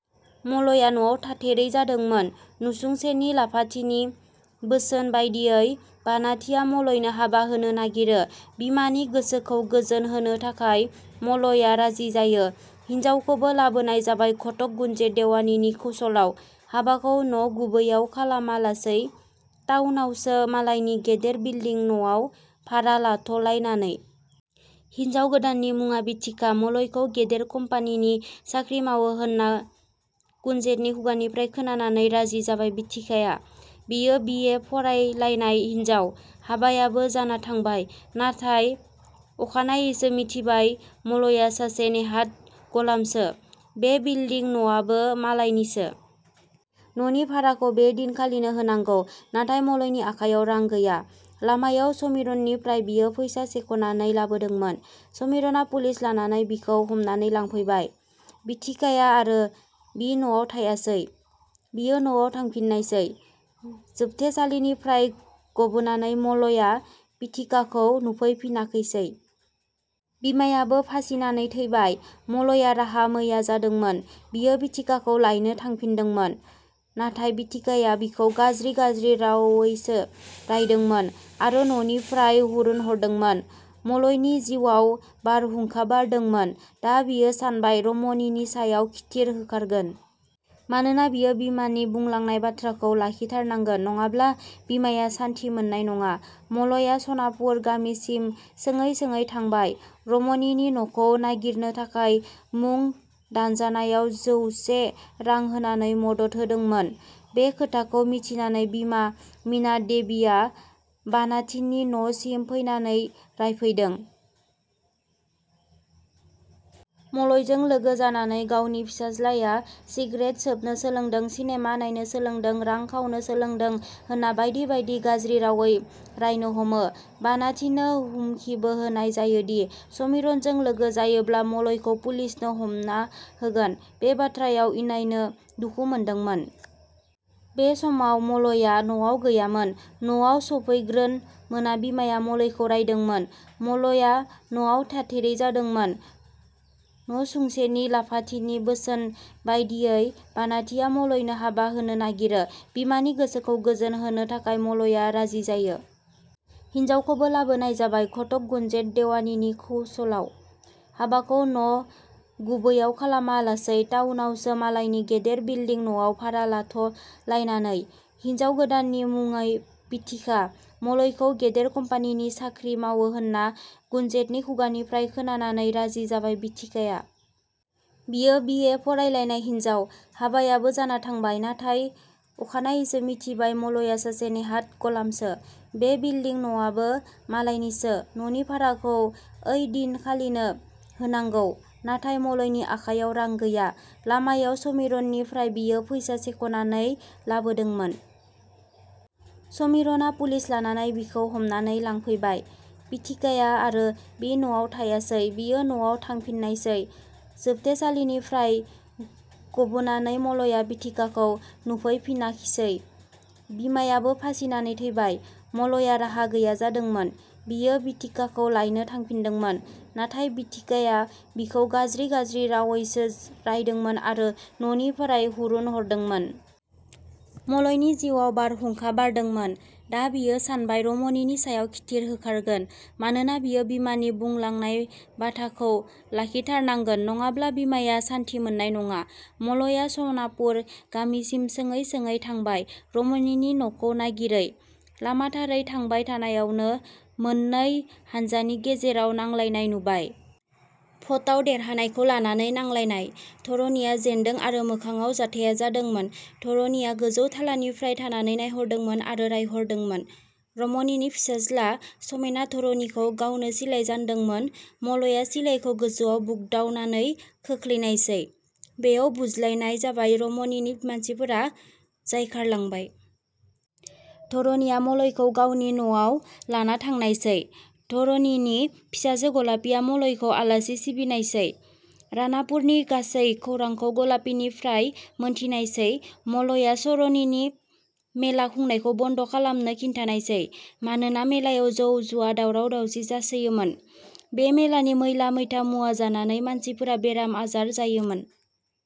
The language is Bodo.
मलया न'आव थाथेरै जादोंमोन। नसुंसेनि लाफाथिनि बोसोन बायदियै बानाथिया मलयनो हाबा होनो नागिरो। बिमानि गोसोखौ गोजोन होनो थाखाय मलया राजि जायो। हिन्जावखौबो लाबोनाय जाबाय घटक गुनजेट देवानिनि खौसलाव। हाबाखौ न' गुबैयाव खालामा लासै टाउनावसो मालायनि गेदेर बिलदिं न 'आव भारा लाथ 'लायनानै। हिनजाव गोदाननि मुङा बिथिका। मलयखौ गेदेर कम्पानिनि साख्रि मावो होनना गुनजेटनि खुगानिफ्राय खोनानानै राजि जाबाय बिथिकाया। बियो बि. ए. फरायलायनाय हिनजाव। हाबायाबो जाना थांबाय। नाथाय अखानायैसो मिथिबाय मलया सासे नेहाद गलामसो। बे बिलदिं न 'आबो मालायनिसो। न'नि भाराखौ बे दिन खालिनो होनांगौ। नाथाय मलयनि आखाइयाव रां गैया। लामायाव समिरननिफ्राय बियो फैसा सेख 'नानै लाबोदोंमोन। समिरनआ पुलिस लानानै बिखौ हमनानै लांफैबाय। बिथिकाया आरो बि न'आव थायासै। बियो न'आव थांफिननायसै। जोबथेसालिनिफ्राय गबोनानै मलया बिथिकाखौ, नुफैफिनाखिसै। बिमायाबो फासिनानै थैबाय। मलया राहा मैया जादोंमोन। बियो बिथिकाखौ लायनो थांफिनदोंमोन। नाथाय बिथिकाया बिखौ गाज्रि गाज्रि रावैसो रायदोंमोन आरो न 'निफ्राय हुरुनहरदोंमोन। मलयनि जिउवाव बारहुंखा बारदोंमोन। दा बियो सानबाय रमनिनि सायाव खिथिर होखारगोन। मानोना बियो बिमानि बुंलांनाय बाथ्राखौ लाखि थारनांगोन। नङाब्ला बिमाया सान्थि मोननाय नङा। मलया सनापुर गामिसिम सोङै सोङै थांबाय रमनिनि न 'खौ नागिरनो थाखाय मुं दानजानायाव जौसे रां होनानै मदद होदोंमोन। बे खोथाखौ मिथिनानै बिमा मिना देवीया बानाथिनि न 'सिम फैनानै रायफैदों। मलयजों लोगो जानानै गावनि फिसाज्लाया सिग्रेट सोबनो सोलोंदों, सिनेमा नायनो सोलोंदों, रां खावनो सोलोंदों होनना बायदि बायदि गाज्रि रावै रायनो हमो। बानाथिनो हुमखिबो होनाय जायोदि समिरनजों लोगो जायोब्ला मलयखौ पुलिसनो हमना होगोन। बे बाथ्रायाव इनायनो दुखु मोनदोंमोन। बै समाव मलया न 'आव गैयामोन। न 'आव सफैग्रोन मोना बिमाया मलयखौ रायदोंमोन। मलया न 'आव थाथेरै जादोंमोन। नसुंसेनि लाफाथिनि बोसोन बायदियै बानाथिया मलयनो हाबा होनो नागिरो। बिमानि गोसोखौ गोजोन होनो थाखाय मलया राजि जायो। हिन्जावखौबो लाबोनाय जाबाय घटक गुनजेट देवानिनि खौसलाव। हाबाखौ न' गुबैयाव खालामा लासै टाउनावसो मालायनि गेदेर बिलदिं न 'आव भारा लाथ 'लायनानै। हिनजाव गोदाननि मुङै बिथिका। मलयखौ गेदेर कम्पानिनि साख्रि मावो होनना गुनजेटनि खुगानिफ्राय खोनानानै राजि जाबाय बिथिकाया। बियो बि. ए. फरायलायनाय हिनजाव। हाबायाबो जाना थांबाय। नाथाय अखानायैसो मिथिबाय मलया सासे नेहाद गलामसो। बे बिलदिं न 'आबो मालायनिसो। न'नि भाराखौ ऐ दिन खालिनो होनांगौ। नाथाय मलयनि आखाइयाव रां गैया। लामायाव समिरननिफ्राय बियो फैसा सेख 'नानै लाबोदोंमोन। समिरनआ पुलिस लानानै बिखौ हमनानै लांफैबाय। बिथिकाया आरो बि न'आव थायासै। बियो न'आव थांफिननायसै। जोबथेसालिनिफ्राय गबोनानै मलया बिथिकाखौ, नुफैफिनाखिसै। बिमायाबो फासिनानै थैबाय। मलया राहा गैया जादोंमोन। बियो बिथिकाखौ लायनो थांफिनदोंमोन। नाथाय बिथिकाया बिखौ गाज्रि गाज्रि रावैसो रायदोंमोन आरो न 'निफ्राय हुरुनहरदोंमोन। मलयनि जिउवाव बारहुंखा बारदोंमोन। दा बियो सानबाय रमनिनि सायाव खिथिर होखारगोन। मानोना बियो बिमानि बुंलांनाय बाधाखौ लाखिथारनांगोन। नङाब्ला बिमाया सान्थि मोननाय नङा। मलया सनापुर गामिसिम सोङै सोङै थांबाय रमनिनि न 'खौ नागिरै। लामाथारै थांबाय थानायावनो मोननै हानजानि गेजेराव नांलायनाय नुबाय। भटआव देरहानायखौ लानानै नांलायनाय। धरणीया जेन्दों आरो मोखाङाव जाथाइया जादोंमोन धरणीया गोजौ थालानिफ्राय थानानै नायहरदोंमोन आरो रायहरदोंमोन। रमनिनि फिसाज्ला समेना धरणीखौ गावनो सिलाइ जानदोंमोन मलया सिलाइखौ गोजौआव बुग्दावनानै खोख्लैनायसै। बेयाव बुज्लायनाय जाबाय रमनिनि मानसिफोरा जायखारलांबाय। धरणीया मलयखौ गावनि न'आव लाना थांनायसै। धरणीनि फिसाजो गलापीया मलयखौ आलासि सिबिनायसै। रानापुरनि गासै खौरांखौ गलापीनिफ्राय मोनथिनायसै मलया चरणीनि मेला खुंनायखौ बन्द खालामनो खिन्थानायसै। मानोना मेलायाव जौ जुवा, दावराव-दावसि जासोयोमोन बे मेलानि मैला मैथा मुवा जानानै मानसिफोरा बेराम आजार जायोमोन।